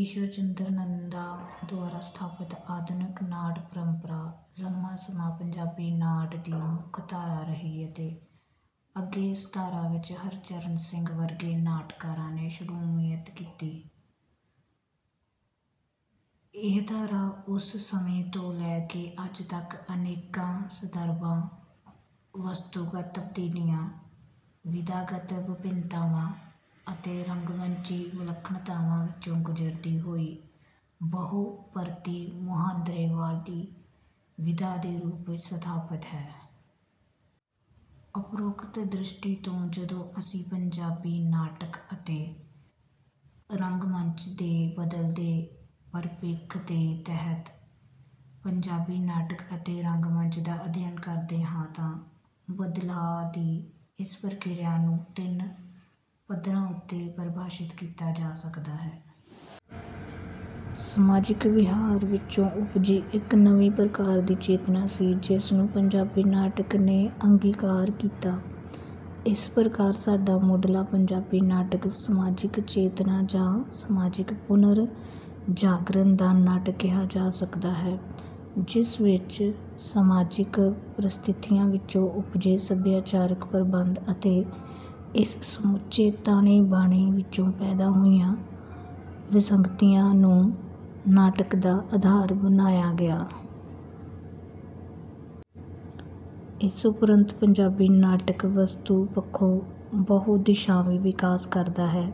ਈਸ਼ਵਰ ਚੰਦਰ ਨੰਦਾ ਦੁਆਰਾ ਸਥਾਪਤ ਆਧੁਨਿਕ ਨਾਟ ਪਰੰਪਰਾ ਲੰਮਾ ਸਮਾਂ ਪੰਜਾਬੀ ਨਾਟਕ ਦੀ ਮੁੱਖ ਧਾਰਾ ਰਹੀ ਅਤੇ ਅੱਗੇ ਇਸ ਧਾਰਾ ਵਿੱਚ ਹਰਚਰਨ ਸਿੰਘ ਵਰਗੇ ਨਾਟਕਾਰਾਂ ਨੇ ਸ਼ਮੂਲੀਅਤ ਕੀਤੀ। ਇਹ ਧਾਰਾ ਉਸ ਸਮੇਂ ਤੋਂ ਲੈ ਕੇ ਅੱਜ ਤੱਕ ਅਨੇਕ ਸੰਦਰਭਾਂ, ਵਸਤੂਗਤ ਤਬਦੀਲੀਆਂ, ਵਿਧਾਗਤ ਵਿਭਿੰਨਤਾਵਾਂ ਅਤੇ ਰੰਗਮੰਚੀ ਵਿਲੱਖਣਤਾਵਾਂ ਵਿੱਚੋਂ ਗੁਜਰਦੀ ਹੋਈ ਬਹੁਪਰਤੀ ਮੁਹਾਂਦਰੇ ਵਾਲੀ ਵਿਧਾ ਦੇ ਰੂਪ ਵਿੱਚ ਸਥਾਪਤ ਹੈ। ਉਪਰੋਕਤ ਦ੍ਰਿਸ਼ਟੀ ਤੋਂ ਜਦੋਂ ਅਸੀਂ ਪੰਜਾਬੀ ਨਾਟਕ ਅਤੇ ਰੰਗ ਮੰਚ ਦੇ ਬਦਲਦੇ ਪਰਿਪੇਖ ਦੇ ਤਹਿਤ ਪੰਜਾਬੀ ਨਾਟਕ ਅਤੇ ਰੰਗਮੰਚ ਦਾ ਅਧਿਐਨ ਕਰਦੇ ਹਾਂ ਤਾਂ ਬਦਲਾਅ ਦੀ ਇਸ ਪ੍ਰਕਿਰਿਆ ਨੂੰ ਤਿੰਨ ਪੱਧਰਾਂ ਉੱਤੇ ਪਰਿਭਾਸ਼ਿਤ ਕੀਤਾ ਜਾ ਸਕਦਾ ਹੈ। ਸਮਾਜਿਕ ਵਿਹਾਰ ਵਿੱਚੋਂ ਉਪਜੀ ਇਹ ਨਵੀਂ ਪ੍ਰਕਾਰ ਦੀ ਚੇਤਨਾ ਸੀ ਜਿਸ ਨੂੰ ਪੰਜਾਬੀ ਨਾਟਕ ਨੇ ਅੰਗੀਕਾਰ ਕੀਤਾ। ਇਸ ਪ੍ਰਕਾਰ ਸਾਡਾ ਮੁਢਲਾ ਪੰਜਾਬੀ ਨਾਟਕ ਸਮਾਜਿਕ ਚੇਤਨਾ ਜਾਂ ਸਮਾਜਿਕ ਪੁਨਰ ਜਾਗਰਣ ਦਾ ਨਾਟਕ ਕਿਹਾ ਜਾ ਸਕਦਾ ਹੈ, ਜਿਸ ਵਿੱਚ ਸਮਾਜਿਕ ਪਰਿਸਥਿਤੀਆਂ ਵਿੱਚੋਂ ਉਪਜੇ ਸਭਿਆਚਾਰਕ ਪ੍ਰਬੰਧ ਅਤੇ ਇਸ ਸਮੁੱਚੇ ਤਾਣੇ-ਬਾਣੇ ਵਿੱਚੋਂ ਪੈਦਾ ਹੋਈਆਂ ਵਿਸੰਗਤੀਆਂ ਨੂੰ ਨਾਟਕ ਦਾ ਆਧਾਰ ਬਣਾਇਆ ਗਿਆ। ਇਸ ਉਪਰੰਤ ਪੰਜਾਬੀ ਨਾਟਕ ਵਸਤੂ ਪੱਖੋਂ ਬਹੁ ਦਿਸ਼ਾਵੀ ਵਿਕਾਸ ਕਰਦਾ ਹੈ।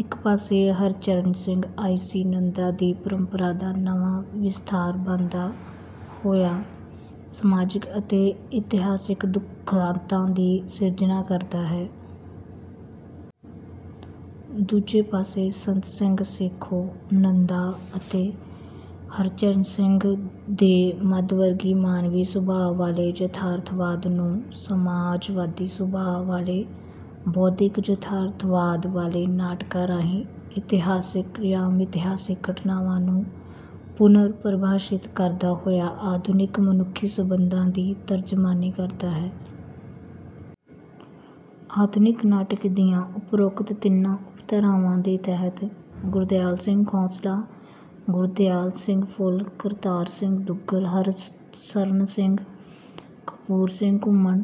ਇੱਕ ਪਾਸੇ ਹਰਚਰਨ ਸਿੰਘ ਆਈ ਸੀ ਨੰਦਾ ਦੀ ਪਰੰਪਰਾ ਦਾ ਨਵਾਂ ਵਿਸਥਾਰ ਬਣਦਾ ਹੋਇਆ ਸਮਾਜਿਕ ਅਤੇ ਇਤਿਹਾਸਕ ਦੁਖਾਂਤਾਂ ਦੀ ਸਿਰਜਣਾ ਕਰਦਾ ਹੈ। ਦੂਜੇ ਪਾਸੇ ਸੰਤ ਸਿੰਘ ਸੇਖੋਂ ਨੰਦਾ ਅਤੇ ਹਰਚਰਨ ਸਿੰਘ ਦੇ ਮੱਧਵਰਗੀ ਮਾਨਵੀ ਸੁਭਾਅ ਵਾਲੇ ਯਥਾਰਥਵਾਦ ਨੂੰ ਸਮਾਜਵਾਦੀ ਸੁਭਾਅ ਵਾਲੇ ਬੌਧਿਕ ਯਥਾਰਥਵਾਦ ਵਾਲੇ ਨਾਟਕਾਂ ਰਾਹੀਂ ਇਤਿਹਾਸਕ ਜਾਂ ਮਿਥਿਹਾਸਕ ਘਟਨਾਵਾਂ ਨੂੰ ਪੁਨਰ ਪਰਿਭਾਸ਼ਿਤ ਕਰਦਾ ਹੋਇਆ ਆਧੁਨਿਕ ਮਨੁੱਖੀ ਸੰਬੰਧਾਂ ਦੀ ਤਰਜ਼ਮਾਨੀ ਕਰਦਾ ਹੈ। ਆਧੁਨਿਕ ਨਾਟਕ ਦੀਆਂ ਉਪਰੋਕਤ ਤਿੰਨਾਂ ਉਪਧਾਰਾਵਾਂ ਦੇ ਤਹਿਤ ਗੁਰਦਿਆਲ ਸਿੰਘ ਖੋਸਲਾ, ਗੁਰਦਿਆਲ ਸਿੰਘ ਫੁੱਲ, ਕਰਤਾਰ ਸਿੰਘ ਦੁੱਗਲ, ਹਰਸ਼ਰਨ ਸਿੰਘ, ਕਪੂਰ ਸਿੰਘ ਘੁੰਮਣ,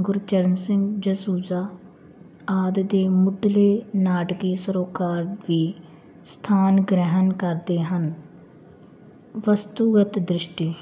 ਗੁਰਚਰਨ ਸਿੰਘ ਜਸੂਜਾ ਆਦਿ ਦੇ ਮੁਢਲੇ ਨਾਟਕੀ ਸਰੋਕਾਰ ਵੀ ਸਥਾਨ ਗ੍ਰਹਿਣ ਕਰਦੇ ਹਨ। ਵਸਤੂਗਤ ਦ੍ਰਿਸ਼ਟੀ